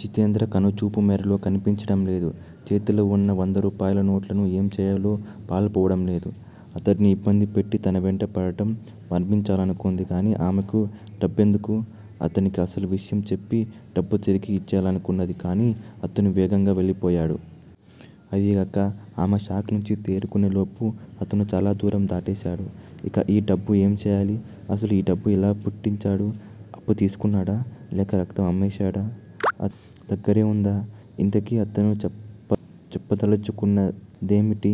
జితేంద్ర కనుచూపు మేరలో కనిపించటం లేదు. చేతిలో వున్న వందరూపాయల నోట్లను ఏం చేయాలో పాలుపోవడం లేదు. అతడ్ని ఇబ్బంది పెట్టి తన వెంట పడడం మాన్పించాలనుకుంది గానీ ఆమెకు డబ్బెందుకు? అతనికి అసలు విషయం చెప్పి డబ్బు తిరిగి ఇచ్చెయ్యాలనుకున్నది కానీ అతను వేగంగా వెళ్ళిపోయాడు. అదీగకా ఆమె షాక్ నుంచి తేరుకునేలోపు అతను చాలా దూరం దాటేశాడు. ఇక ఈ డబ్బు ఏం చేయాలి. అసలు ఈ డబ్బు ఎలా పుట్టించాడు. అప్పు తీసుకున్నాడా? లేక రక్తం అమ్మేశాడా? అతని దగ్గరే వుందా? ఇంతకీ అతను చెప్ప చెప్పదలుచుకున్నదేమిటి?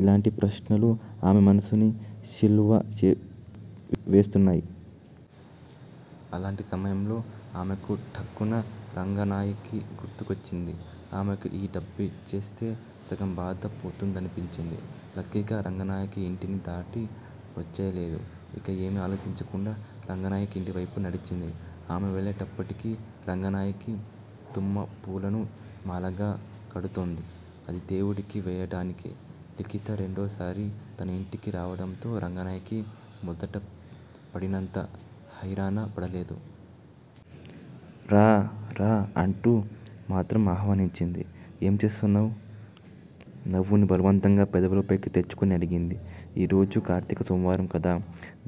ఇలాంటి ప్రశ్నలు ఆమె మనసుని శిల్వ చె వేస్తున్నాయి. అలాంటి సమయంలో ఆమెకు ఠక్కున రంగనాయకి గుర్తొచ్చింది. ఆమెకి ఈ డబ్బిచ్చేస్తే సగం బాధ పోతుందనిపించింది. లక్కీగా రంగనాయకి ఇంటిని దాటి వచ్చెయ్యలేదు. ఇక ఏమీ ఆలోచించకుండా రంగనాయకి ఇంటివైపు నడిచింది. ఆమె వెళ్ళేటప్పటికి రంగనాయకి తుమ్మపూలను మాలగా కడుతోంది. అది దేవుడికి వేయటానికే. లిఖిత రెండోసారి తన ఇంటికి రావడంతో రంగనాయకి మొదట పడినంత హైరానా పడలేదు. రా రా అంటూ మాత్రం ఆహ్వానించింది. ఏం చేస్తున్నావ్? నవ్వును బలవంతంగా పెదవులపైకి తెచ్చుకుని అడిగింది. ఈరోజు కార్తీక సోమవారం కదా,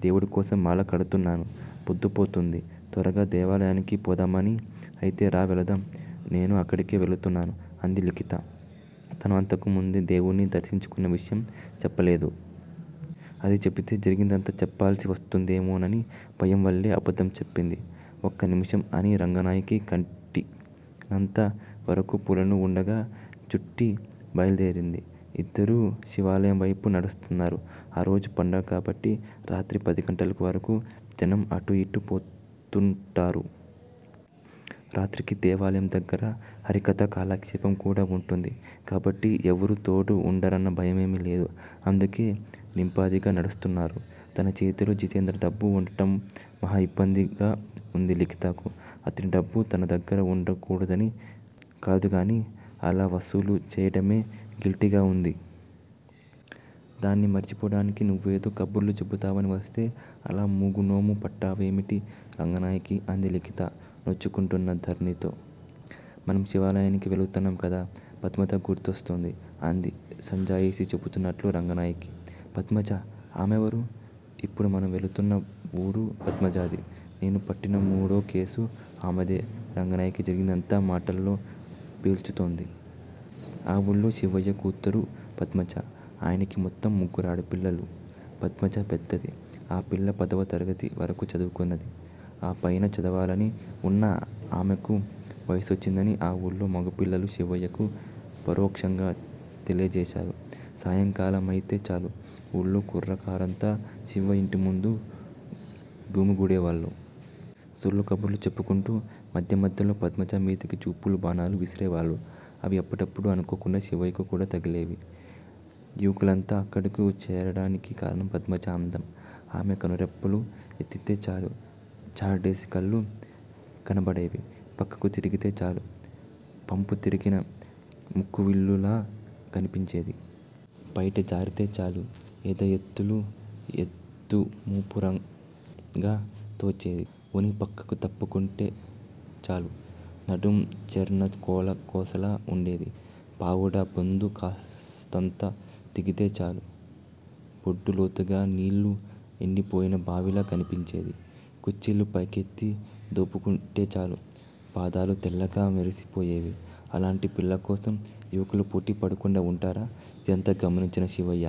దేవుడికోసం మాల కడుతున్నాను. పొద్దుపోతుంది. త్వరగా దేవాలయానికి పోదామని అయితే రా వెళదాం. నేనూ అక్కడకే వెళుతున్నాను అంది లిఖిత. తను అంతకు ముందే దేవుడ్ని దర్శించుకున్న విషయం చెప్పలేదు. అది చెబితే జరిగిందంతా చెప్పాల్సి వస్తుందేమోనని భయం వల్లే అబద్దం చెప్పింది. ఒక్క నిముషం అని రంగనాయకి కట్టినంత వరకు పూలను వుండగా చుట్టి బయల్దేరింది. ఇద్దరూ శివాలయం వైపు నడుస్తున్నారు. ఆ రోజు పండగ కాబట్టి రాత్రి పదిగంటల వరకు జనం అటూ యిటూ పోతుంటారు. రాత్రికి దేవాలయం దగ్గర హరికథ కాలక్షేపం కూడా వుంటుంది. కాబట్టి ఎవరూ తోడు వుండరన్న భయమేమీ లేదు. అందుకే నింపాదిగా నడుస్తున్నారు. తన చేతిలో జితేంద్ర డబ్బు వుండడం మహా ఇబ్బందిగా వుంది లిఖితాకు. అతని డబ్బు తన దగ్గర వుండకూడదని కాదుగానీ అలా వసూలు చేయడమే గిల్టీగా వుంది. దాన్ని మరిచిపోవడానికి నువ్వేదో కబుర్లు చెబుతావని వస్తే అలా మూగనోము పట్టావేమిటి రంగనాయకీ అంది లిఖిత నొచ్చుకొంటున్న ధోరణితో. మనం శివాలయానికి వెళుతున్నాం కదా- పద్మజ గుర్తుస్తోంది అంది సంజాయిషీ చెబుతున్నట్లు రంగనాయకి. పద్మజా? ఆమెవరు? ఇప్పుడు మనం వెళుతున్న వూరు పద్మజాది. నేను పట్టిన మూడో కేసు ఆమెదే రంగనాయకి జరిగిందంతా మాటల్లో పేర్చుతోంది. ఆ ఊర్లో శివయ్య కూతురు పద్మజ. ఆయనకి మొత్తం ముగ్గురాడపిల్లలు. పద్మజ పెద్దది. ఆ పిల్ల పదవ తరగతి వరకు చదువుకుంది. ఆ పైన చదవాలని వున్నా ఆమెకు వయసొచ్చిందని ఆ ఊర్లో మగపిల్లలు శివయ్యకు పరోక్షంగా తెలియజేశారు. సాయంకాలమైతే చాలు ఊర్లో కుర్రకారంతా శివయ్య ఇంటిముందు గుమిగూడేవాళ్ళు. సొల్లు కబుర్లు చెప్పుకొంటూ మధ్య మధ్యలో పద్మజ మీదకి చూపుల బాణాలు విసిరేవాళ్ళు. అవి అప్పుడప్పుడు అనుకోకుండా శివయ్యకు కూడా తగిలేవి. యువకులంతా అక్కడకు చేరడానికి కారణం పద్మజ అందం. ఆమె కనురెప్పలు ఎత్తితే చాలు చారడేసి కళ్ళు కనబడేవి పక్కకు తిరిగితే చాలు పంపు తిరిగిన ముక్కు విల్లులా కనిపించేది. పైట జారితే చాలు ఎద ఎత్తులు ఎద్దు మూపురంగా తోచేది. ఓణి పక్కకి తప్పుకొంటే చాలు నడుం చెర్నకోల కొసలా ఉండేది. పావడా బొందు కాస్తంత దిగితే చాలు బొడ్డు లోతుగా నీళ్ళు ఎండిపోయిన బావిలా కనిపించేది. కుచ్చిళ్ళు పైకెత్తి దోపుకుంటే చాలు పాదాలు తెల్లగా మెరిసిపోయేవి. అలాంటి పిల్లకోసం యువకులు పోటీ పడకుండా వుంటారా? ఇదంతా గమనించిన శివయ్య